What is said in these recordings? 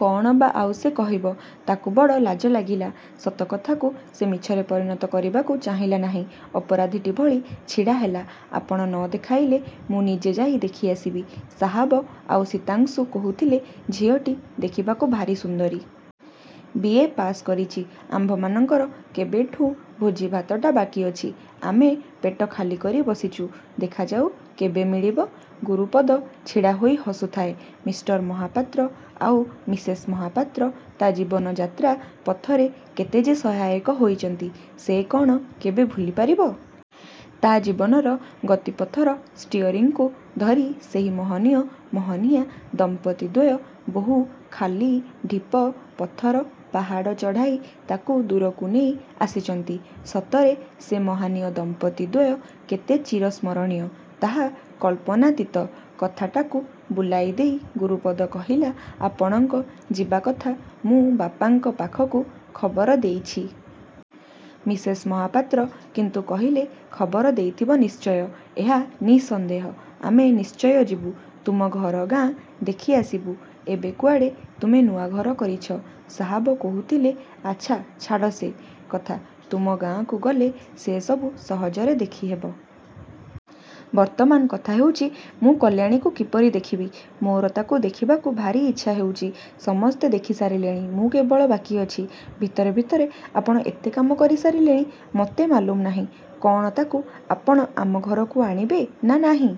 କ'ଣ ବା ଆଉ ସେ କହିବ। ତା'କୁ ବଡ଼ ଲାଜ ଲାଗିଲା। ସତ କଥାକୁ ସେ ମିଛରେ ପରିଣତ କରିବାକୁ ଚାହିଁଲା ନାହିଁ। ଅପରାଧୀଟି ଭଳି ଛିଡ଼ା ହେଲା। ଆପଣ ନ ଦେଖାଇଲେ ମୁଁ ନିଜେ ଯାଇ ଦେଖିଆସିବି। ସାହାବ ଆଉ ଶୀତାଂଶୁ କହୁଥିଲେ, ଝିଅଟି ଦେଖିବାକୁ ଭାରି ସୁନ୍ଦରୀ। ବି. ଏ. ପାସ୍ କରିଛି। ଆମ୍ଭମାନଙ୍କର କେବେଠୁଁ ଭୋଜିଭାତଟା ବାକି ଅଛି। ଆମେ ପେଟ ଖାଲିକରି ବସିଛୁ। ଦେଖାଯାଉ କେବେ ମିଳିବ? ଗୁରୁପଦ ଛିଡ଼ା ହୋଇ ହସୁଥାଏ, ମିଷ୍ଟର ମହାପାତ୍ର ଆଉ ମିସେସ୍ ମହାପାତ୍ର ତା' ଜୀବନଯାତ୍ରା ପଥରେ କେତେ ଯେ ସହାୟକ ହୋଇଛନ୍ତି, ସେ କ'ଣ କେବେ ଭୁଲିପାରିବ! ତା' ଜୀବନର ଗତି ପଥର ଷ୍ଟିଅରିଂକୁ ଧରି ସେହି ମହନୀୟ ମହନୀୟା ଦମ୍ପତିଦ୍ୱୟ ବହୁ ଖାଲି ଢିପ ପଥର ପାହାଡ଼ ଚଢ଼ାଇ ତା'କୁ ଦୂରକୁ ନେଇ ଆସିଛନ୍ତି। ସତରେ ସେ ମହାନୀୟ ଦମ୍ପତ୍ତି ଦ୍ୱୟ କେତେ ଚିର ସ୍ମରଣୀୟ ତାହା କଳ୍ପନାତୀତ। କଥାଟାକୁ ବୁଲାଇଦେଇ ଗୁରୁପଦ କହିଲା, ଆପଣଙ୍କ ଯିବା କଥା ମୁଁ ବାପାଙ୍କ ପାଖକୁ ଖବର ଦେଇଛି। ମିସେସ୍ ମହାପାତ୍ର କିନ୍ତୁ କହିଲେ, ଖବର ଦେଇଥିବ ନିଶ୍ଚୟ! ଏହା ନିଃସନ୍ଦେହ। ଆମେ ନିଶ୍ଚୟ ଯିବୁ। ତୁମ ଘର ଗାଁ ଦେଖିଆସିବୁ। ଏବେ କୁଆଡ଼େ ତୁମେ ନୂଆଘର କରିଛ, ସାହାବ କହୁଥିଲେ। ଆଚ୍ଛା ଛାଡ଼ ସେ। କଥା, ତୁମ ଗାଁକୁ ଗଲେ ସେ ସବୁ ସହଜରେ ଦେଖିହେବ। ବର୍ତ୍ତମାନ କଥା ହେଉଛି, ମୁଁ କଲ୍ୟାଣୀକୁ କିପରି ଦେଖିବି। ମୋର ତା'କୁ ଦେଖିବାକୁ ଭାରି ଇଚ୍ଛା ହେଉଛି। ସମସ୍ତେ ଦେଖି ସାରିଲେଣି, ମୁଁ କେବଳ ବାକି ଅଛି। ଭିତରେ ଭିତରେ ଆପଣ ଏତେ କାମ କରି ସାରିଲେଣି, ମୋତେ ମାଲୁମ୍ ନାହିଁ। କ'ଣ ତା'କୁ ଆପଣ ଆମ ଘରକୁ ଆଣିବେ ନା ନାହିଁ।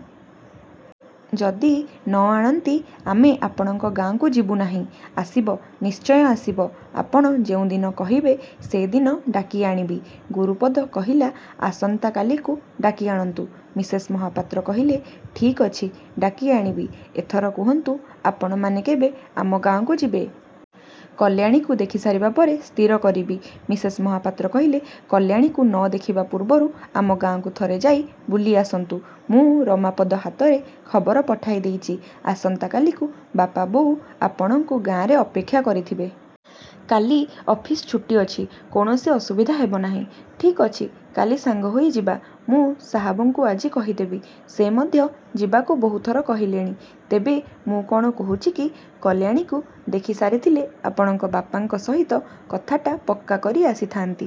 ଯଦି ନ ଆଣନ୍ତି ଆମେ ଆପଣଙ୍କ ଗାଁକୁ ଯିବୁ ନାହିଁ। ଆସିବ, ନିଶ୍ଚୟ ଆସିବ। ଆପଣ ଯେଉଁଦିନ କହିବେ ସେଦିନ ଡାକି ଆଣିବି, ଗୁରୁପଦ କହିଲା। ଆସନ୍ତା କାଲିକୁ ଡାକି ଆଣନ୍ତୁ, ମିସେସ୍ ମହାପାତ୍ର କହିଲେ। ଠିକ୍ ଅଛି ଡାକି ଆଣିବି। ଏଥର କୁହନ୍ତୁ ଆପଣମାନେ କେବେ ଆମ ଗାଁକୁ ଯିବେ? କଲ୍ୟାଣୀକୁ ଦେଖି ସାରିବା ପରେ ସ୍ଥିର କରିବି, ମିସେସ୍ ମହାପାତ୍ର କହିଲେ। କଲ୍ୟାଣୀକୁ ନ ଦେଖିବା ପୂର୍ବରୁ ଆମ ଗାଁକୁ ଥରେ ଯାଇ ବୁଲି ଆସନ୍ତୁ। ମୁଁ ରମାପଦ ହାତରେ ଖବର ପଠାଇ ଦେଇଛି, ଆସନ୍ତା କାଲିକୁ ବାପା ବୋଉ ଆପଣଙ୍କୁ ଗାଁରେ ଅପେକ୍ଷା କରିଥିବେ। କାଲି ଅଫିସ୍ ଛୁଟି ଅଛି, କୌଣସି ଅସୁବିଧା ହେବ ନାହିଁ। ଠିକ୍ ଅଛି କାଲି ସାଙ୍ଗହୋଇ ଯିବା ମୁଁ ସାହାବଙ୍କୁ ଆଜି କହିଦେବି। ସେ ମଧ୍ୟ ଯିବାକୁ ବହୁଥର କହିଲେଣି। ତେବେ ମୁଁ କ'ଣ କହୁଛି କି, କଲ୍ୟାଣୀକୁ ଦେଖି ସାରିଥିଲେ ଆପଣଙ୍କ ବାପାଙ୍କ ସହିତ କଥାଟା ପକ୍କା କରି ଆସିଥାନ୍ତି।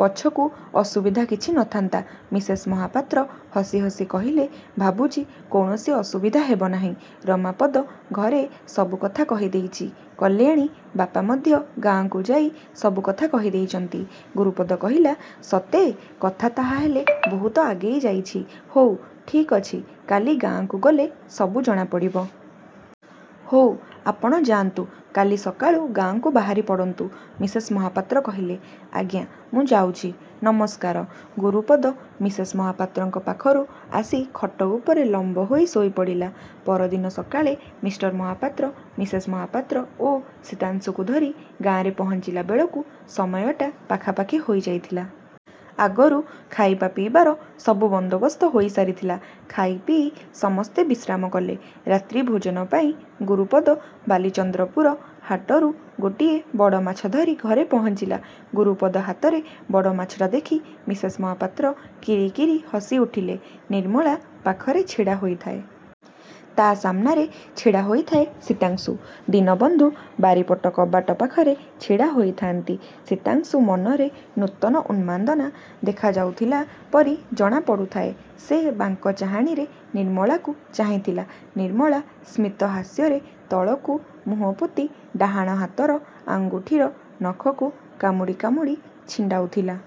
ପଛକୁ ଅସୁବିଧା କିଛି ନଥାନ୍ତା ମିସେସ୍ ମହାପାତ୍ର ହସି ହସି କହିଲେ। ଭାବୁଛି କୌଣସି ଅସୁବିଧା ହେବ ନାହିଁ, ରମାପଦ ଘରେ ସବୁକଥା କହିଦେଇଛି, କଲ୍ୟାଣୀ ବାପା ମଧ୍ୟ ଗାଁକୁ ଯାଇ ସବୁକଥା କହି ଦେଇଛନ୍ତି ଗୁରୁପଦ କହିଲା। ସତେ, କଥା ତାହାହେଲେ ବହୁତ ଆଗେଇ ଯାଇଛି, ହଉ ଠିକ୍ ଅଛି କାଲି ଗାଁକୁ ଗଲେ ସବୁ ଜଣାପଡ଼ିବ। ହଉ ଆପଣ ଯାଆନ୍ତୁ କାଲି ସକାଳୁ ଗାଁକୁ ବାହାରି ପଡ଼ନ୍ତୁ, ମିସେସ୍ ମହାପାତ୍ର କହିଲେ। ଆଜ୍ଞା ମୁଁ ଯାଉଛି, ନମସ୍କାର। ଗୁରୁପଦ ମିସେସ୍ ମହାପାତ୍ରଙ୍କ ପାଖରୁ ଆସି ଖଟ ଉପରେ ଲମ୍ୱ ହୋଇ ଶୋଇପଡ଼ିଲା। ପରଦିନ ସକାଳେ ମିଷ୍ଟର ମହାପାତ୍ର ମିସେସ୍ ମହାପାତ୍ର ଓ ଶୀତାଂଶୁକୁ ଧରି ଗାଁରେ ପହଞ୍ଚିଲାବେଳକୁ ସମୟ ଟା ପାଖାପାଖି ହୋଇଯାଇଥିଲା। ଆଗରୁ ଖାଇବା ପିଇବାର ସବୁ ବନ୍ଦୋବସ୍ତ ହୋଇସାରିଥିଲା। ଖାଇପିଇ ସମସ୍ତେ ବିଶ୍ରାମ କଲେ, ରାତ୍ରି ଭୋଜନ ପାଇଁ ଗୁରୁପଦ ବାଲିଚନ୍ଦ୍ରପୁର ହାଟରୁ ଗୋଟିଏ ବଡ଼ମାଛ ଧରି ଘରେ ପହଞ୍ଚିଲା। ଗୁରୁପଦ ହାତରେ ବଡ଼ ମାଛଟା ଦେଖି ମିସେସ୍ ମହାପାତ୍ର କିରି କିରି ହସିଉଠିଲେ। ନିର୍ମଳା ପାଖରେ ଛିଡ଼ା ହୋଇଥାଏ। ତା' ସାମନାରେ ଛିଡ଼ା ହୋଇଥାଏ ଶୀତାଂଶୁ। ଦୀନବନ୍ଧୁ ବାରିପଟ କବାଟ ପାଖରେ ଛିଡ଼ା ହୋଇଥାନ୍ତି। ଶୀତାଂଶୁ ମନରେ ନୂତନ ଉନ୍ମାଦନା ଦେଖାଦେଉଥିଲା ପରି ଜଣା ପଡ଼ୁଥାଏ। ସେ ବାଙ୍କ ଚାହାଣୀରେ ନିର୍ମଳାକୁ ଚାହିଁଥିଲା, ନିର୍ମଳା ସ୍ମିତ ହାସ୍ୟରେ ତଳକୁ ମୁହଁ ପୋତି ଡାହାଣ ହାତର ଆଙ୍ଗୁଠିର ନଖକୁ କାମୁଡ଼ି କାମୁଡ଼ି ଛିଣ୍ଡାଉଥିଲା।